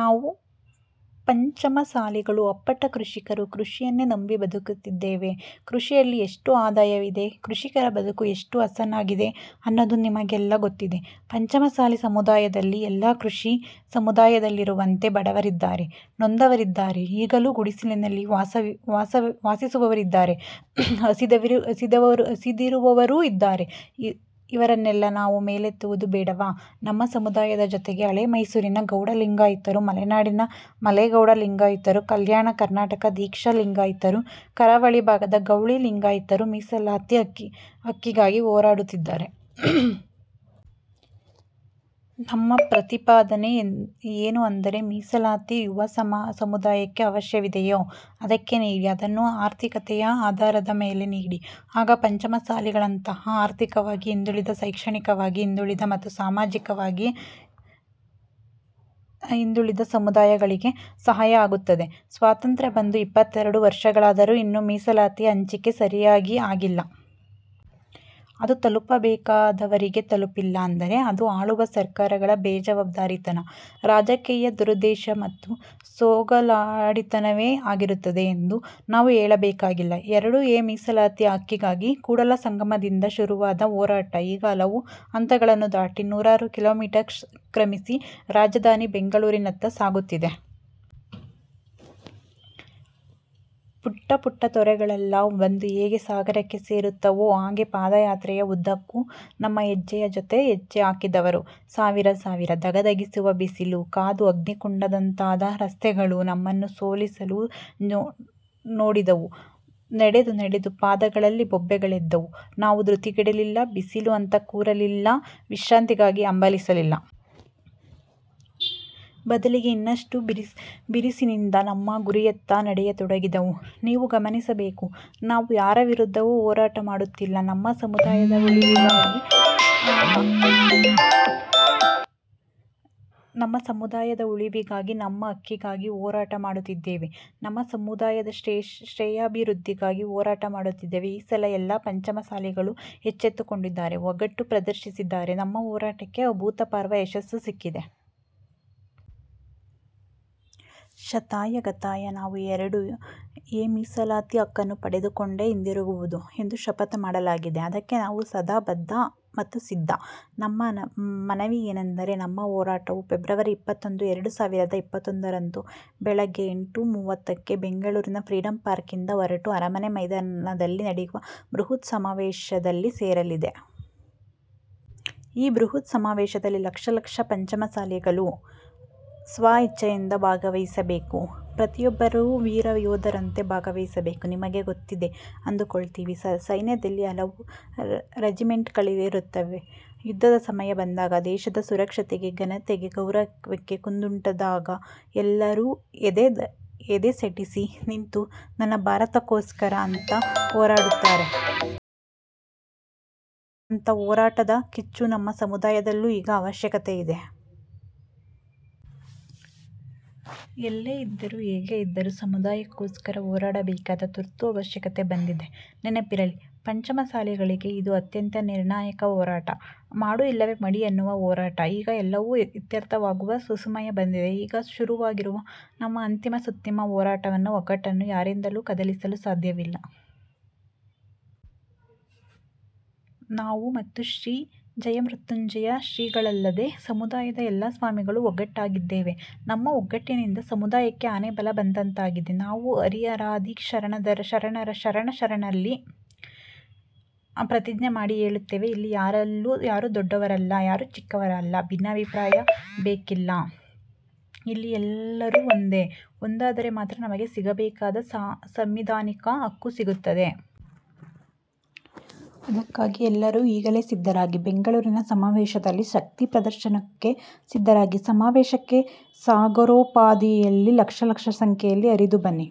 ನಾವು ಪಂಚಮಸಾಲಿಗಳು ಅಪ್ಪಟ ಕೃಷಿಕರು. ಕೃಷಿಯನ್ನೇ ನಂಬಿ ಬದುಕುತ್ತಿದ್ದೇವೆ. ಕೃಷಿಯಲ್ಲಿ ಎಷ್ಟುಆದಾಯವಿದೆ, ಕೃಷಿಕರ ಬದುಕು ಎಷ್ಟುಹಸನಾಗಿದೆ ಅನ್ನೋದು ನಿಮಗೆಲ್ಲಾ ಗೊತ್ತಿದೆ. ಪಂಚಮಸಾಲಿ ಸಮುದಾಯದಲ್ಲಿ ಎಲ್ಲಾ ಕೃಷಿ ಸಮುದಾಯದಲ್ಲಿರುವಂತೆ ಬಡವರಿದ್ದಾರೆ. ನೊಂದವರಿದ್ದಾರೆ. ಈಗಲೂ ಗುಡಿಸಿಲಿನಲ್ಲಿ ವಾಸಿಸುವವರಿದ್ದಾರೆ. ಹಸಿದಿರುವವರೂ ಇದ್ದಾರೆ. ಇವರನ್ನೆಲ್ಲಾ ನಾವು ಮೇಲೆತ್ತುವುದು ಬೇಡವಾ? ನಮ್ಮ ಸಮುದಾಯದ ಜೊತೆಗೆ ಹಳೇ ಮೈಸೂರಿನ ಗೌಡ ಲಿಂಗಾಯತರು, ಮಲೆನಾಡಿನ ಮಲೆಗೌಡ ಲಿಂಗಾಯತರು, ಕಲ್ಯಾಣ ಕರ್ನಾಟಕದ ದಿಕ್ಷಾ ಲಿಂಗಾಯತರು, ಕರಾವಳಿ ಭಾಗದ ಗೌಳಿ ಲಿಂಗಾಯತರು ಮೀಸಲಾತಿ ಹಕ್ಕಿಗಾಗಿ ಹೋರಾಡುತ್ತಿದ್ದಾರೆ. ನಮ್ಮ ಪ್ರತಿಪಾದನೆ ಏನು ಅಂದರೆ, ಮೀಸಲಾತಿ ಯಾವ ಸಮುದಾಯಕ್ಕೆ ಅವಶ್ಯವಿದೆಯೋ ಅದಕ್ಕೆ ನೀಡಿ. ಅದನ್ನು ಆರ್ಥಿಕತೆಯ ಆಧಾರದ ಮೇಲೆ ನೀಡಿ. ಆಗ ಪಂಚಮಸಾಲಿಗಳಂತಹ ಆರ್ಥಿಕವಾಗಿ ಹಿಂದುಳಿದ ಶೈಕ್ಷಣಿಕವಾಗಿ ಹಿಂದುಳಿದ ಮತ್ತು ಸಾಮಾಜಿಕವಾಗಿ ಹಿಂದುಳಿದ ಸಮುದಾಯಗಳಿಗೆ ಸಹಾಯ ಆಗುತ್ತದೆ. ಸ್ವಾತಂತ್ರ್ಯ ಬಂದು ಎಪ್ಪತ್ತೆರಡು ವರ್ಷಗಳಾದರೂ ಇನ್ನೂ ಮೀಸಲಾತಿ ಹಂಚಿಕೆ ಸರಿಯಾಗಿ ಆಗಿಲ್ಲ. ಅದು ತಲುಪಬೇಕಾದವರಿಗೆ ತಲುಪಿಲ್ಲ ಅಂದರೆ ಅದು ಆಳುವ ಸರ್ಕಾರಗಳ ಬೇಜವಾಬ್ದಾರಿತನ, ರಾಜಕೀಯ ದುರುದ್ದೇಶ ಮತ್ತು ಸೋಗಲಾಡಿತನವೇ ಆಗಿರುತ್ತದೆ ಎಂದು ನಾವು ಹೇಳಬೇಕಾಗಿಲ್ಲ. ಎರಡು ಎ ಮೀಸಲಾತಿ ಹಕ್ಕಿಗಾಗಿ ಕೂಡಲಸಂಗಮದಿಂದ ಶುರುವಾದ ಹೋರಾಟ ಈಗ ಹಲವು ಹಂತಗಳನ್ನು ದಾಟಿ, ನೂರಾರು ಕಿಲೋಮೀಟರ್ ಕ್ರಮಿಸಿ ರಾಜಧಾನಿ ಬೆಂಗಳೂರಿನತ್ತ ಸಾಗುತ್ತಿದೆ. ಪುಟ್ಟಪುಟ್ಟತೊರೆಗಳೆಲ್ಲಾ ಬಂದು ಹೇಗೆ ಸಾಗರಕ್ಕೆ ಸೇರುತ್ತವೋ ಹಾಗೆ ಪಾದಯಾತ್ರೆಯ ಉದ್ದಕ್ಕೂ ನಮ್ಮ ಹೆಜ್ಜೆಯ ಜೊತೆ ಹೆಜ್ಜೆ ಹಾಕಿದವರು ಸಾವಿರ ಸಾವಿರ. ಧಗಧಗಿಸುವ ಬಿಸಿಲು, ಕಾದು ಅಗ್ನಿಕುಂಡದಂತಾದ ರಸ್ತೆಗಳು ನಮ್ಮನ್ನು ಸೋಲಿಸಲು ನೋಡಿದವು. ನಡೆದು ನಡೆದು ಪಾದಗಳಲ್ಲಿ ಬೊಬ್ಬೆಗಳೆದ್ದವು. ನಾವು ಧೃತಿಗೆಡಲಿಲ್ಲ. ಬಿಸಿಲು ಅಂತ ಕೂರಲಿಲ್ಲ. ವಿಶ್ರಾಂತಿಗಾಗಿ ಹಂಬಲಿಸಲಿಲ್ಲ. ಬದಲಿಗೆ ಇನ್ನಷ್ಟುಬಿರುಸಿನಿಂದ ನಮ್ಮ ಗುರಿಯತ್ತ ನಡೆಯತೊಡಗಿದೆವು. ನೀವು ಗಮನಿಸಬೇಕು, ನಾವು ಯಾರ ವಿರುದ್ಧವೂ ಹೋರಾಟ ಮಾಡುತ್ತಿಲ್ಲ. ನಮ್ಮ ಸಮುದಾಯದ ಉಳಿವಿಗಾಗಿ ನಮ್ಮ ಹಕ್ಕಿಗಾಗಿ ಹೋರಾಟ ಮಾಡುತ್ತಿದ್ದೇವೆ. ನಮ್ಮ ಸಮುದಾಯದ ಶ್ರೇಯೋಭಿವೃದ್ಧಿಗಾಗಿ ಹೋರಾಟ ಮಾಡುತ್ತಿದ್ದೇವೆ. ಈ ಸಲ ಎಲ್ಲಾ ಪಂಚಮಸಾಲಿಗಳೂ ಎಚ್ಚತ್ತುಕೊಂಡಿದ್ದಾರೆ. ಒಗ್ಗಟ್ಟು ಪ್ರದರ್ಶಿಸಿದ್ದಾರೆ. ನಮ್ಮ ಹೋರಾಟಕ್ಕೆ ಅಭೂತಪೂರ್ವ ಯಶಸ್ಸು ಸಿಕ್ಕಿದೆ. ಶತಾಯಗತಾಯ ನಾವು ಎರಡು ಎ ಮೀಸಲಾತಿ ಹಕ್ಕನ್ನು ಪಡೆದುಕೊಂಡೇ ಹಿಂದಿರುಗುವುದು ಎಂದು ಶಪಥ ಮಾಡಲಾಗಿದೆ. ಅದಕ್ಕೆ ನಾವು ಸದಾ ಬದ್ಧ ಮತ್ತು ಸಿದ್ಧ. ನಮ್ಮ ಮನವಿಯೇನೆಂದರೆ, ನಮ್ಮ ಹೋರಾಟವು ಫೆಬ್ರವರಿ ಇಪ್ಪತ್ತೊಂದು, ಎರಡು ಸಾವಿರದ ಇಪ್ಪತ್ತೊಂದರಂದು ಬೆಳಗ್ಗೆ ಎಂಟು ಮೂವತ್ತಕ್ಕೆ ಬೆಂಗಳೂರಿನ ಫ್ರೀಡಂ ಪಾರ್ಕ್ನಿಂದ ಹೊರಟು ಅರಮನೆ ಮೈದಾನದಲ್ಲಿ ನಡೆಯುವ ಬೃಹತ್ ಸಮಾವೇಶದಲ್ಲಿ ಸೇರಲಿದೆ. ಈ ಬೃಹತ್ ಸಮಾವೇಶದಲ್ಲಿ ಲಕ್ಷಲಕ್ಷ ಪಂಚಮಸಾಲಿಗಳು ಸ್ವಇಚ್ಛೆಯಿಂದ ಭಾಗವಹಿಸಬೇಕು. ಪ್ರತಿಯೊಬ್ಬರೂ ವೀರ ಯೋಧರಂತೆ ಭಾಗವಹಿಸಬೇಕು. ನಿಮಗೆ ಗೊತ್ತಿದೆ ಅಂದುಕೊಳ್ತೀವಿ. ಸೈನ್ಯದಲ್ಲಿ ಹಲವು ರೆಜಿಮೆಂಟ್ಗಳಿರುತ್ತವೆ. ಯುದ್ಧದ ಸಮಯ ಬಂದಾಗ, ದೇಶದ ಸುರಕ್ಷತೆಗೆ ಘನತೆಗೆ ಗೌರವಕ್ಕೆ ಕುಂದುಂಟಾದಾಗ ಎಲ್ಲರೂ ಎದೆಸೆಟೆಸಿ ನಿಂತು ನನ್ನ ಭಾರತಕ್ಕೋಸ್ಕರ ಅಂತ ಹೋರಾಡುತ್ತಾರೆ. ಅಂಥ ಹೋರಾಟದ ಕಿಚ್ಚು ನಮ್ಮ ಸಮುದಾಯದಲ್ಲೂ ಈಗ ಅವಶ್ಯಕತೆ ಇದೆ. ಎಲ್ಲೇ ಇದ್ದರೂ ಹೇಗೆ ಇದ್ದರೂ ಸಮುದಾಯಕ್ಕೋಸ್ಕರ ಹೋರಾಡಬೇಕಾದ ತುರ್ತು ಅವಶ್ಯಕತೆ ಬಂದಿದೆ. ನೆನಪಿರಲಿ, ಪಂಚಮಸಾಲಿಗಳಿಗೆ ಇದು ಅತ್ಯಂತ ನಿರ್ಣಾಯಕ ಹೋರಾಟ. ಮಾಡು ಇಲ್ಲವೆ ಮಡಿ ಅನ್ನುವ ಹೋರಾಟ. ಈಗ ಎಲ್ಲವೂ ಇತ್ಯರ್ಥವಾಗುವ ಸುಸಮಯ ಬಂದಿದೆ. ಈಗ ಶುರುವಾಗಿರುವ ನಮ್ಮ ಅಂತಿಮ ಸುತ್ತಿನ ಹೋರಾಟವನ್ನು, ಒಗ್ಗಟ್ಟನ್ನು ಯಾರಿಂದಲೂ ಕದಲಿಸಲು ಸಾಧ್ಯವಿಲ್ಲ. ನಾವು ಮತ್ತು ಶ್ರೀ ಜಯಮೃತ್ಯುಂಜಯ ಶ್ರೀಗಳಲ್ಲದೆ ಸಮುದಾಯದ ಎಲ್ಲಾ ಸ್ವಾಮಿಗಳು ಒಗ್ಗಟ್ಟಾಗಿದ್ದೇವೆ. ನಮ್ಮ ಒಗ್ಗಟ್ಟಿನಿಂದ ಸಮುದಾಯಕ್ಕೆ ಆನೆ ಬಲ ಬಂದಂತಾಗಿದೆ. ನಾವು ಹರಿಹರಾದಿ ಶರಣರಲ್ಲಿ ಪ್ರತಿಜ್ಞೆ ಮಾಡಿ ಹೇಳುತ್ತೇವೆ, ಇಲ್ಲಿ ಯಾರೂ ದೊಡ್ಡವರಲ್ಲ. ಯಾರೂ ಚಿಕ್ಕವರಲ್ಲ. ಭಿನ್ನಾಭಿಪ್ರಾಯ ಬೇಕಿಲ್ಲ. ಇಲ್ಲಿ ಎಲ್ಲರೂ ಒಂದೆ. ಒಂದಾದರೆ ಮಾತ್ರ ನಮಗೆ ಸಿಗಬೇಕಾದ ಸಾಂವಿಧಾನಿಕ ಹಕ್ಕು ಸಿಗುತ್ತದೆ. ಅದಕ್ಕಾಗಿ ಎಲ್ಲರೂ ಈಗಲೇ ಸಿದ್ಧರಾಗಿ. ಬೆಂಗಳೂರಿನ ಸಮಾವೇಶದಲ್ಲಿ ಶಕ್ತಿ ಪ್ರದರ್ಶನಕ್ಕೆ ಸಿದ್ಧರಾಗಿ. ಸಮಾವೇಶಕ್ಕೆ ಸಾಗರೋಪಾದಿಯಲ್ಲಿ ಲಕ್ಷ ಲಕ್ಷ ಸಂಖ್ಯೆಯಲ್ಲಿ ಹರಿದುಬನ್ನಿ.